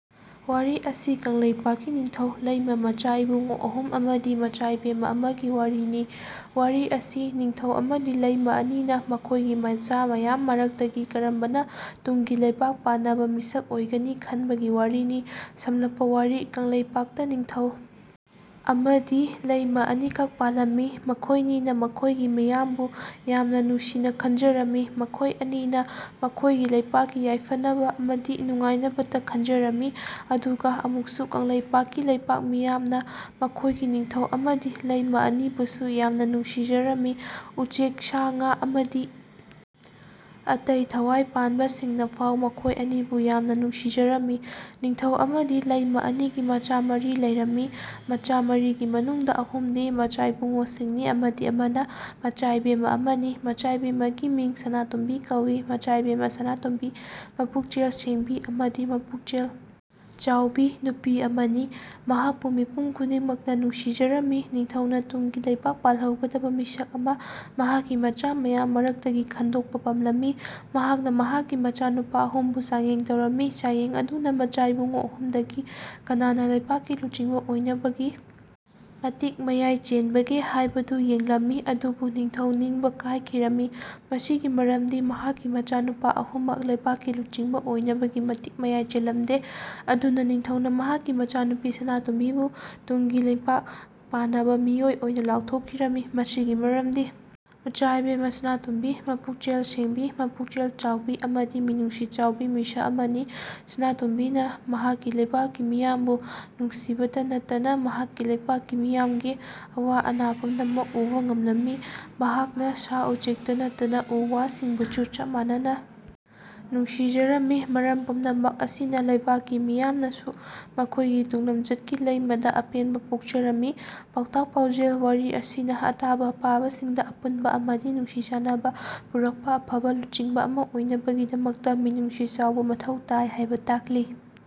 ꯋꯥꯔꯤ ꯑꯁꯤ ꯀꯪꯂꯩꯄꯥꯛꯀꯤ ꯅꯤꯡꯊꯧ ꯂꯩꯃ ꯃꯆꯥꯏꯕꯨꯡꯉꯣ ꯑꯍꯨꯝ ꯑꯃꯗꯤ ꯃꯆꯥꯏꯕꯦꯝꯃ ꯑꯃꯒꯤ ꯋꯥꯔꯤꯅꯤ꯫ ꯋꯥꯔꯤ ꯑꯁꯤ ꯅꯤꯡꯊꯧ ꯑꯃꯗꯤ ꯂꯩꯃ ꯑꯅꯤꯅ ꯃꯈꯣꯢꯒꯤ ꯃꯆꯥ ꯃꯌꯥꯝ ꯃꯔꯛꯇꯒꯤ ꯀꯔꯝꯕꯅ ꯇꯨꯡꯒꯤ ꯂꯩꯄꯥꯛ ꯄꯥꯟꯅꯕ ꯃꯤꯁꯛ ꯑꯣꯢꯒꯅꯤ ꯈꯟꯕꯒꯤ ꯋꯥꯔꯤꯅꯤ꯫ ꯁꯝꯂꯞꯄ ꯋꯥꯔꯤ ꯀꯪꯂꯩꯄꯥꯛꯇ ꯅꯤꯡꯊꯧ ꯑꯃꯗꯤ ꯂꯩꯃ ꯑꯅꯤꯈꯛ ꯄꯥꯂꯝꯃꯤ꯫ꯃꯈꯣꯢꯅꯤꯅ ꯃꯈꯣꯢꯒꯤ ꯃꯤꯌꯥꯝꯕꯨ ꯌꯥꯝ ꯅꯨꯡꯁꯤꯅ ꯈꯟꯖꯔꯝꯃꯤ꯫ ꯃꯈꯣꯢ ꯑꯅꯤꯅ ꯃꯈꯣꯢꯒꯤ ꯂꯩꯄꯥꯛꯀꯤ ꯌꯥꯢꯐꯅꯕ ꯑꯃꯗꯤ ꯅꯨꯡꯉꯥꯢꯅꯕꯇ ꯈꯟꯖꯔꯝꯃꯤ꯫ ꯑꯗꯨꯒ ꯑꯃꯨꯛꯁꯨ ꯀꯪꯂꯩꯄꯥꯛꯀꯤ ꯂꯩꯄꯥꯛ ꯃꯤꯌꯥꯝꯅ ꯃꯈꯣꯢꯒꯤ ꯅꯤꯡꯊꯧ ꯑꯃꯗꯤ ꯂꯩꯃ ꯑꯅꯤꯕꯨꯁꯨ ꯌꯥꯝꯅ ꯅꯨꯡꯁꯤꯖꯔꯝꯃꯤ꯫ ꯎꯆꯦꯛ ꯁꯥ ꯉꯥ ꯑꯃꯗꯤ ꯑꯇꯩ ꯊꯋꯥꯢ ꯄꯥꯟꯕꯁꯤꯡꯅꯐꯥꯎ ꯃꯈꯣꯢ ꯑꯅꯤꯕꯨ ꯌꯥꯝꯅ ꯅꯨꯡꯁꯤꯖꯔꯝꯃꯤ꯫ ꯅꯤꯡꯊꯧ ꯑꯃꯗꯤ ꯂꯩꯃ ꯑꯅꯤꯒꯤ ꯃꯆꯥ ꯃꯔꯤ ꯂꯩꯔꯝꯃꯤ꯫ ꯃꯆꯥ ꯃꯔꯤꯒꯤ ꯃꯅꯨꯡꯗ ꯑꯍꯨꯝꯗꯤ ꯃꯆꯥꯏꯕꯨꯡꯉꯣꯁꯤꯡꯅꯤ ꯑꯃꯗꯤ ꯑꯃꯅ ꯃꯆꯥꯏꯕꯦꯝꯃ ꯑꯃꯅꯤ꯫ ꯃꯆꯥꯏꯕꯦꯝꯃꯒꯤ ꯃꯤꯡ ꯁꯅꯥꯇꯣꯝꯕꯤ ꯀꯧꯏ꯫ ꯃꯆꯥꯏꯕꯦꯝꯃ ꯁꯅꯥꯇꯣꯝꯕꯤ ꯃꯄꯨꯛꯆꯦꯜ ꯁꯦꯡꯕꯤ ꯑꯃꯗꯤ ꯃꯄꯨꯛꯆꯦꯜ ꯆꯥꯎꯕꯤ ꯅꯨꯄꯤ ꯑꯃꯅꯤ꯫ ꯃꯍꯥꯛꯄꯨ ꯃꯤꯄꯨꯝ ꯈꯨꯗꯤꯡꯃꯛꯅ ꯅꯨꯡꯁꯤꯖꯔꯝꯃꯤ꯫ ꯅꯤꯡꯊꯧꯅ ꯇꯨꯡꯒꯤ ꯂꯩꯄꯥꯛ ꯄꯥꯜꯍꯧꯒꯗꯕ ꯃꯤꯁꯛ ꯑꯃ ꯃꯍꯥꯛꯀꯤ ꯃꯆꯥ ꯃꯌꯥꯝ ꯃꯔꯛꯇꯒꯤ ꯈꯟꯗꯣꯛꯄ ꯄꯥꯝꯂꯝꯃꯤ꯫ ꯃꯍꯥꯛꯅ ꯃꯍꯥꯛꯀꯤ ꯃꯆꯥꯅꯨꯄꯥ ꯑꯍꯨꯝꯕꯨ ꯆꯥꯡꯌꯦꯡ ꯇꯧꯔꯝꯃꯤ꯫ ꯆꯥꯡꯌꯦꯡ ꯑꯗꯨꯅ ꯃꯆꯥꯏꯕꯨꯡꯉꯣ ꯑꯍꯨꯝꯗꯒꯤ ꯀꯅꯥꯅ ꯂꯩꯄꯥꯛꯀꯤ ꯂꯨꯆꯤꯡꯕ ꯑꯣꯢꯅꯕꯒꯤ ꯃꯇꯤꯛ ꯃꯌꯥꯢ ꯆꯦꯟꯕꯒꯦ ꯍꯥꯢꯕꯗꯨ ꯌꯦꯡꯂꯝꯃꯤ꯫ ꯑꯗꯨꯕꯨ ꯅꯤꯡꯊꯧ ꯅꯤꯡꯕ ꯀꯥꯢꯈꯤꯔꯝꯃꯤ꯫ ꯃꯁꯤꯒꯤ ꯃꯔꯝꯗꯤ ꯃꯍꯥꯛꯀꯤ ꯃꯆꯥꯅꯨꯄꯥ ꯑꯍꯨꯝꯃꯛ ꯂꯩꯄꯥꯛꯀꯤ ꯂꯨꯆꯤꯡꯕ ꯑꯣꯢꯅꯕꯒꯤ ꯃꯇꯤꯛ ꯃꯌꯥꯢ ꯆꯦꯟꯂꯝꯗꯦ꯫ ꯑꯗꯨꯅ ꯅꯤꯡꯊꯧꯅ ꯃꯍꯥꯛꯀꯤ ꯃꯆꯥꯅꯨꯄꯤ ꯁꯅꯥꯇꯣꯝꯕꯤꯕꯨ ꯇꯨꯡꯒꯤ ꯂꯩꯄꯥꯛ ꯄꯥꯟꯅꯕ ꯃꯤꯑꯣꯢ ꯑꯣꯢꯅ ꯂꯥꯎꯊꯣꯛꯈꯤꯔꯝꯃꯤ꯫ ꯃꯁꯤꯒꯤ ꯃꯔꯝꯗꯤ ꯃꯆꯥꯏꯕꯦꯝꯃ ꯁꯅꯥꯇꯣꯝꯕꯤ ꯃꯄꯨꯛꯆꯦꯜ ꯁꯦꯡꯕꯤ ꯃꯄꯨꯛꯆꯦꯜ ꯆꯥꯎꯕꯤ ꯑꯃꯗꯤ ꯃꯤꯅꯨꯡꯁꯤ ꯆꯥꯎꯕꯤ ꯃꯤꯁꯛ ꯑꯃꯅꯤ꯫ ꯁꯅꯥꯇꯣꯝꯕꯤꯅ ꯃꯍꯥꯛꯀꯤ ꯂꯩꯄꯥꯛꯀꯤ ꯃꯤꯌꯥꯝꯕꯨ ꯅꯨꯡꯁꯤꯕꯇ ꯅꯠꯇꯅ ꯃꯍꯥꯛꯀꯤ ꯂꯩꯄꯥꯛꯀꯤ ꯃꯤꯌꯥꯝꯒꯤ ꯑꯋꯥ ꯑꯅꯥ ꯄꯨꯝꯅꯃꯛ ꯎꯕ ꯉꯝꯂꯝꯃꯤ꯫ ꯃꯍꯥꯛꯅ ꯁꯥ ꯎꯆꯦꯛꯇ ꯅꯠꯇꯅ ꯎ ꯋꯥꯁꯤꯡꯕꯨꯁꯨ ꯆꯞ ꯃꯥꯟꯅꯅ ꯅꯨꯡꯁꯤꯖꯔꯝꯃꯤ꯫ ꯃꯔꯝ ꯄꯨꯝꯅꯃꯛ ꯑꯁꯤꯅ ꯂꯩꯄꯥꯛꯀꯤ ꯃꯤꯌꯥꯝꯅꯁꯨ ꯃꯈꯣꯢꯒꯤ ꯇꯨꯡꯂꯝꯆꯠꯀꯤ ꯂꯩꯃꯗ ꯑꯄꯦꯟꯕ ꯄꯣꯛꯆꯔꯝꯃꯤ꯫ ꯄꯥꯎꯇꯥꯛ ꯄꯥꯎꯆꯦꯜ ꯋꯥꯔꯤ ꯑꯁꯤꯅ ꯑꯇꯥꯕ ꯑꯄꯥꯕꯁꯤꯡꯗ ꯑꯄꯨꯟꯕ ꯑꯃꯗꯤ ꯅꯨꯡꯁꯤ ꯆꯥꯟꯅꯕ ꯄꯨꯔꯛꯄ ꯑꯐꯕ ꯂꯨꯆꯤꯡꯕ ꯑꯃ ꯑꯣꯢꯅꯕꯒꯤꯗꯃꯛꯇ ꯃꯤꯅꯨꯡꯁꯤ ꯆꯥꯎꯕ ꯃꯊꯧ ꯇꯥꯢ ꯍꯥꯏꯕ ꯇꯥꯛꯂꯤ꯫